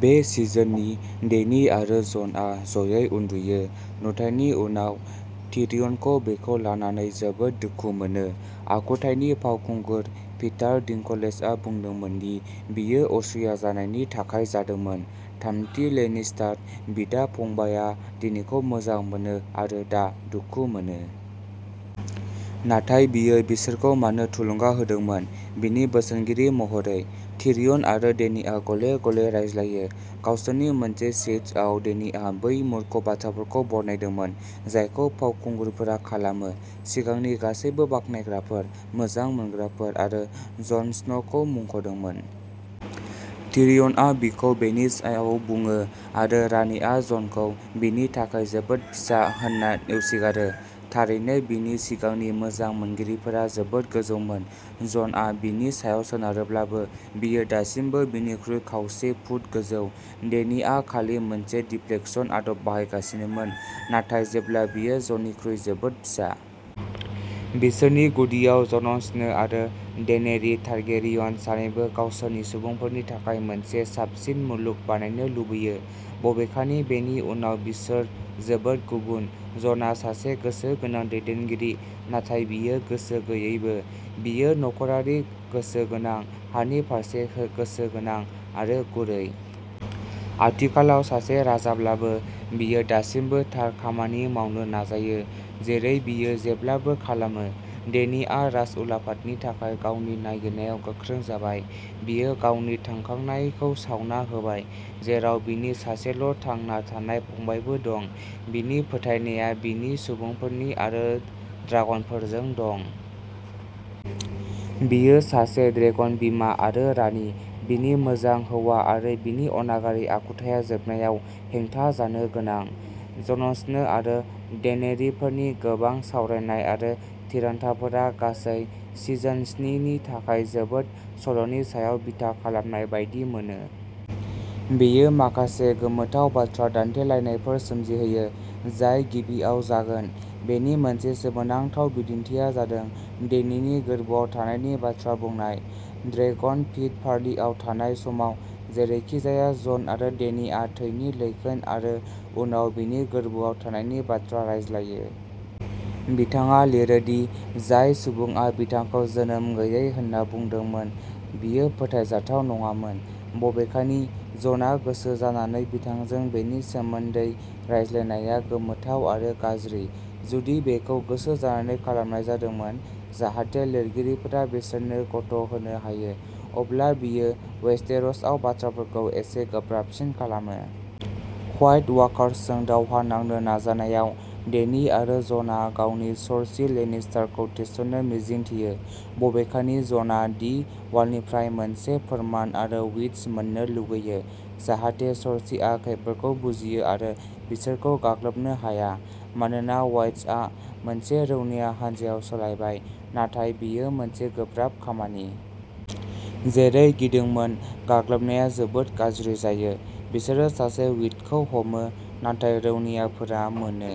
बे सिजननि, डेनी आरो जनआ ज'यै उन्दुयो। नुथायनि उनाव, टिरियनखौ बेखौ लानानै जोबोद दुखु मोनो। आखुथायनि फावखुंगुर, पिटार डिंकलेजआ बुंदोंमोन दि बेयो असूया जानायनि थाखाय जादोंमोनः थामथि लेनिस्टार बिदा-फंबायआ डेनीखौ मोजां मोनो आरो दा दुखु मोनो। नाथाय, बियो बिसोरखौ मानो थुलुंगा होदोंमोन? बिनि बोसोनगिरि महरै, टिरियन आरो डेनीआ गले-गले रायज्लायो। गावसोरनि मोनसे चैट्सआव, डेनीआ बै मूर्ख बाथ्राफोरखौ बरनायदोंमोन, जायखौ फावखुंगुरफोरा खालामो, सिगांनि गासैबो बाख्नायग्राफोर, मोजां मोनग्राफोर आरो जन स्न'खौ मुंख'दोंमोन। टिरियनआ बिखौ बेनि सायाव बुङो आरो रानिआ ज'नखौ "बिनि थाखाय जोबोद फिसा" होन्ना नेवसिगारो। थारैनो, बिनि सिगांनि मोजां मोनगिरिफोरा जोबोद गोजौमोन। जनआ बिनि सायाव सोनारोब्लाबो, बियो दासिमबो बिनिख्रुइ खावसे फुट गोजौ। डेनीआ खालि मोनसे दिफ्लेक्शन आदब बाहायगासिनोमोन, नाथाय जेब्ला बियो जननिख्रुइ जोबोद फिसा। बिसोरनि गुदियाव, जन स्नो आरो डेनेरि टारगेरियन सानैबो गावसोरनि सुबुंफोरनि थाखाय मोनसे साबसिन मुलुग बानायनो लुबैयो। बबेखानि, बेनि उनाव, बिसोर जोबोद गुबुन। जनआ सासे गोसो गोनां दैदेनगिरि, नाथाय बियो गोसो गैयैबो। बियो नखरारि गोसो गोनां, हानि फारसे गोसो गोनां, आरो गुरै। आथिखालाव सासे राजाब्लाबो, बियो दासिमबो थार खामानि मावनो नाजायो, जेरै बियो जेब्लाबो खालामो। डेनिआ राजउलाफादनि थाखाय गावनि नागिरनायाव गोख्रों जाबाय। बियो गावनि थांखांनायखौ सावना होबाय, जेराव बिनि सासेल'थांना थानाय फंबायबो दं। बिनि फोथायनाया बिनि सुबुंफोर आरो ड्रागनफोरजों दं। बियो सासे ड्रेगन बिमा आरो रानि। बिनि मोजां हौवा आरो बिनि अनागारि आखुथाइया जोबनायाव हेंथा जानो गोनां। जन स्नो आरो डेनेरिफोरनि गोबां सावरायनाय आरो थिरांथाफोरा गासै सिजन स्नि नि थाखाय जोबोद सल'नि सायाव बिथा खालामनाय बायदि मोनो। बेयो माखासे गोमोथाव बाथ्रा दान्थेलायनायफोर सोमजिहोयो जाय गिबियाव जागोन। बेनि मोनसे सोमोनांथाव बिदिन्थिआ जादों डेनिनि गोर्बोआव थानायनि बाथ्रा बुंनाय। ड्रेगन पिट पार्लिआव थानाय समाव, जेरैखिजाया जन आरो डेनिआ थैनि लैखोन आरो उनाव बिनि गोर्बोआव थानायनि बाथ्रा रायज्लायो। बिथाङा लिरो दि जाय सुबुङा बिथांखौ जोनोम गैयै होनना बुंदोंमोन बियो फोथायजाथाव नङामोन। बबेखानि, ज'ना गोसोजानानै बिथांजों बेनि सोमोन्दै रायज्लायनायआ गोमोथाव आरो गाज्रि। जुदि बेखौ गोसोजानानै खालामनाय जादोंमोन जाहाथे लिरगिरिफोरा बिसोरनो गथ'होनो हायो, अब्ला बेयो वेस्टेर'सआव बाथ्राफोरखौ एसे गोब्राबसिन खालामो। व्हाइट वाकार्सजों दावहा नांनो नाजानायाव, डेनी आरो ज'ना गावनो सर्सी लेनिस्टारखौ थिसननो मिजिंथियो। बबेखानि, ज'ना दि वालनिफ्राय मोनसे फोरमान, मोनसे उइट मोन्नो लुगैयो, जाहाथे सर्सीआ खैफोदखौ बुजियो आरो बिसोरखौ गाग्लोबनो हाया। मानोना वाइट्सआ मोनसे रौनिया हानजायाव सोलायबाय, नाथाय बेयो मोनसे गोब्राब खामानि। जेरै गिदोंमोन, गाग्लोबनाया जोबोद गाज्रि जायो। बिसोरो सासे उइटखौ हमो, नाथाय रौनियाफोरा मोनो।